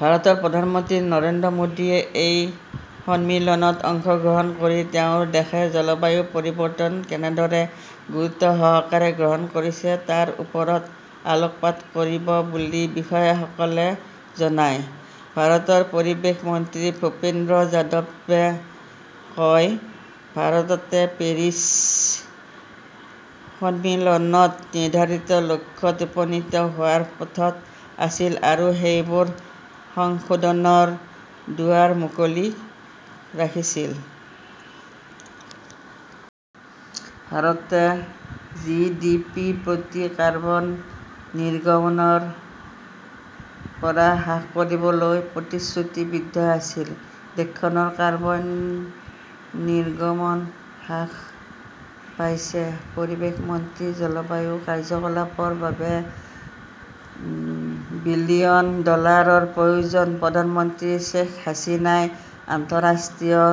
ভাৰতৰ প্ৰধানমন্ত্ৰী নৰেন্দ্ৰ মোদীয়ে এই সন্মিলনত অংশগ্ৰহণ কৰি তেওঁৰ দেশে জলবায়ু পৰিৱৰ্তন কেনেদৰে গুৰুত্বসহকাৰে গ্ৰহণ কৰিছে তাৰ ওপৰত আলোকপাত কৰিব বুলি বিষয়াসকলে জনায়। ভাৰতৰ পৰিৱেশ মন্ত্ৰী ভূপেন্দ্ৰ যাদৱে কয়, "ভাৰতে পেৰিছ সন্মিলনত নিৰ্ধাৰিত লক্ষ্যত উপনীত হোৱাৰ পথত আছিল আৰু সেইবোৰ সংশোধনৰ দুৱাৰ মুকলি ৰাখিছিল। "ভাৰতে জিডিপি-প্ৰতি কাৰ্বন নিৰ্গমনৰ পৰা হ্ৰাস কৰিবলৈ প্ৰতিশ্ৰুতিবদ্ধ আছিল। দেশখনৰ কাৰ্বন নিৰ্গমন হ্ৰাস পাইছে। পৰিৱেশ মন্ত্ৰীঃ জলবায়ু কাৰ্যকলাপৰ বাবে বিলিয়ন ডলাৰৰ প্ৰয়োজন প্ৰধানমন্ত্ৰী শ্বেখ হাছিনাই আন্তঃৰাষ্ট্ৰীয়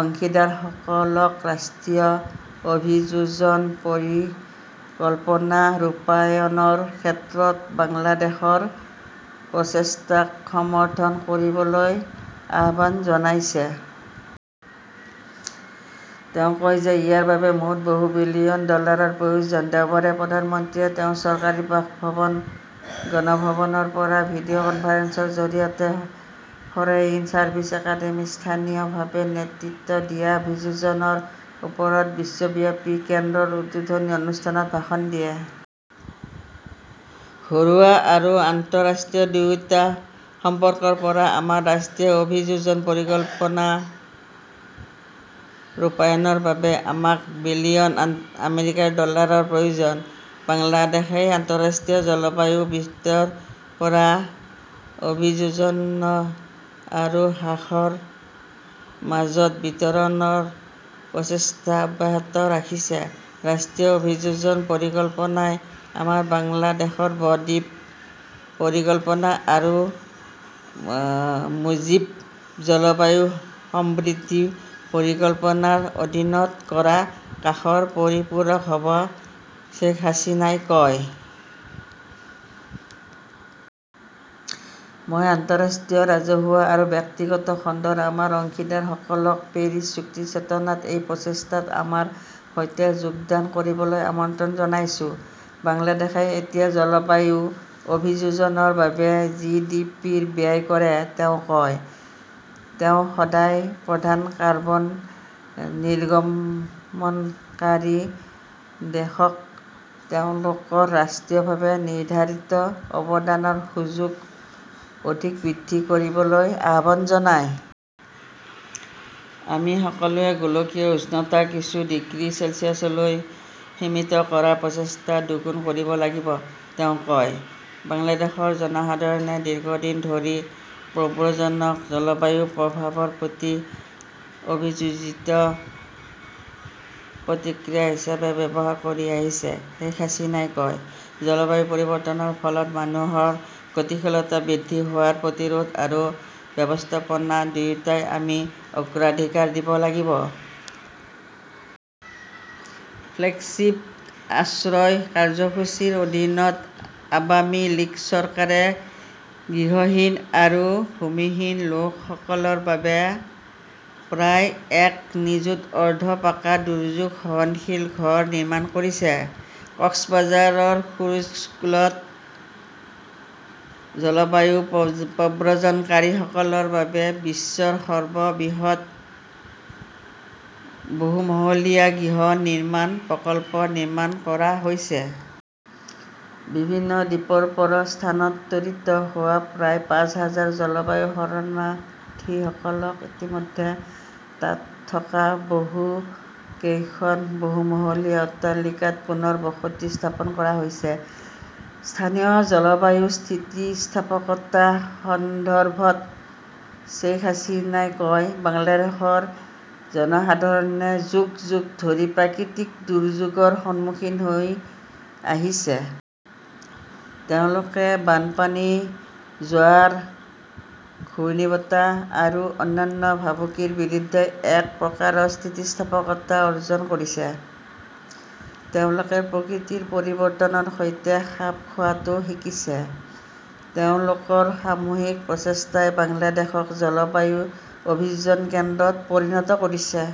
অংশীদাৰসকলক ৰাষ্ট্ৰীয় অভিযোজন পৰিকল্পনা ৰূপায়ণৰ ক্ষেত্ৰত বাংলাদেশৰ প্ৰচেষ্টাক সমৰ্থন কৰিবলৈ আহ্বান জনাইছে। তেওঁ কয় যে ইয়াৰ বাবে মুঠ বহু বিলিয়ন ডলাৰৰ প্ৰয়োজন। দেওবাৰে প্ৰধানমন্ত্ৰীয়ে তেওঁৰ চৰকাৰী বাসভৱন গণভৱনৰ পৰা ভিডিঅ 'কনফাৰেন্সৰ জৰিয়তে ফৰেইন চাৰ্ভিচ একাডেমীত "স্থানীয়ভাৱে নেতৃত্ব দিয়া অভিযোজনৰ ওপৰত বিশ্বব্যাপী কেন্দ্ৰ" ৰ উদ্বোধনী অনুষ্ঠানত ভাষণ দিয়ে। "ঘৰুৱা আৰু আন্তঃৰাষ্ট্ৰীয় দুয়োটা সম্পদৰ পৰা আমাৰ ৰাষ্ট্ৰীয় অভিযোজন পৰিকল্পনা ৰূপায়ণৰ বাবে আমাক বিলিয়ন আমেৰিকান ডলাৰৰ প্ৰয়োজন। বাংলাদেশই আন্তঃৰাষ্ট্ৰীয় জলবায়ু বিত্তৰ পৰা অভিযোজন আৰু হ্ৰাসৰ মাজত বিতৰণৰ প্ৰচেষ্টা অব্যাহত ৰাখিছে। "ৰাষ্ট্ৰীয় অভিযোজন পৰিকল্পনাই আমাৰ বাংলাদেশ ব-দ্বীপ পৰিকল্পনা আৰু মুজীব জলবায়ু সমৃদ্ধি পৰিকল্পনাৰ অধীনত কৰা কামৰ পৰিপূৰক হ'ব ", শ্বেখ হাছিনাই কয়। মই আন্তঃৰাষ্ট্ৰীয় ৰাজহুৱা আৰু ব্যক্তিগত খণ্ডৰ আমাৰ অংশীদাৰসকলক পেৰিছ চুক্তিৰ চেতনাত এই প্ৰচেষ্টাত আমাৰ সৈতে যোগদান কৰিবলৈ আমন্ত্ৰণ জনাইছো। "বাংলাদেশই এতিয়া জলবায়ু অভিযোজনৰ বাবে জিডিপিৰ ব্যয় কৰে", তেওঁ কয়। "তেওঁ সকলো প্ৰধান কাৰ্বন নিৰ্গমনকাৰী দেশক তেওঁলোকৰ ৰাষ্ট্ৰীয়ভাৱে নিৰ্ধাৰিত অৱদানৰ সুযোগ অধিক বৃদ্ধি কৰিবলৈ আহ্বান জনায়। "আমি সকলোৱে গোলকীয় উষ্ণতা কিছু ডিগ্ৰী চেলছিয়াছলৈ সীমিত কৰাৰ প্ৰচেষ্টা দুগুণ কৰিব লাগিব", তেওঁ কয়। "বাংলাদেশৰ জনসাধাৰণে দীৰ্ঘদিন ধৰি প্ৰব্ৰজনক জলবায়ু প্ৰভাৱৰ প্ৰতি অভিযোজিত প্ৰতিক্ৰিয়া হিচাপে ব্যৱহাৰ কৰি আহিছে", শ্বেখ হাছিনাই কয়। জলবায়ু পৰিৱৰ্তনৰ ফলত মানুহৰ গতিশীলতা বৃদ্ধি হোৱাৰ প্ৰতিৰোধ আৰু ব্যৱস্থাপনা দুয়োটাই আমি অগ্ৰাধিকাৰ দিব লাগিব। "ফ্লেগশ্বিপ আশ্ৰয় কাৰ্যসূচীৰ অধীনত আৱামী লীগ চৰকাৰে গৃহহীন আৰু ভূমিহীন লোকসকলৰ বাবে প্ৰায় এক নিযুত অৰ্ধ-পাকা দুৰ্যোগ সহনশীল ঘৰ নিৰ্মাণ কৰিছে। কক্সবাজাৰৰ খুৰুছকুলত জলবায়ু প্ৰব্ৰজনকাৰীসকলৰ বাবে বিশ্বৰ সৰ্ববৃহৎ বহুমহলীয়া গৃহ নিৰ্মাণ প্ৰকল্প নিৰ্মাণ কৰা হৈছে। বিভিন্ন দ্বীপৰ পৰা স্থানান্তৰিত হোৱা প্ৰায় পাঁচ হাজাৰ জলবায়ু শৰণাৰ্থী পৰিয়ালক ইতিমধ্যে তাত থকা বহু কেইখন বহুমহলীয়া অট্টালিকাত পুনৰ বসতি স্থাপন কৰা হৈছে। স্থানীয় জলবায়ু স্থিতিস্থাপকতা সন্দৰ্ভত শ্বেইখ হাছিনাই কয়, "বাংলাদেশৰ জনসাধাৰণে যুগ যুগ ধৰি প্ৰাকৃতিক দুৰ্যোগৰ সন্মুখীন হৈ আহিছে। তেওঁলোকে বানপানী, জোৱাৰ, ঘূৰ্ণীবতাহ আৰু অন্যান্য ভাবুকিৰ বিৰুদ্ধে এক প্ৰকাৰৰ স্থিতিস্থাপকতা অৰ্জন কৰিছে। তেওঁলোকে প্ৰকৃতিৰ পৰিৱৰ্তনৰ সৈতে খাপ খোৱাটো শিকিছে। তেওঁলোকৰ সামূহিক প্ৰচেষ্টাই বাংলাদেশক জলবায়ু অভিযোজন কেন্দ্ৰত পৰিণত কৰিছে।"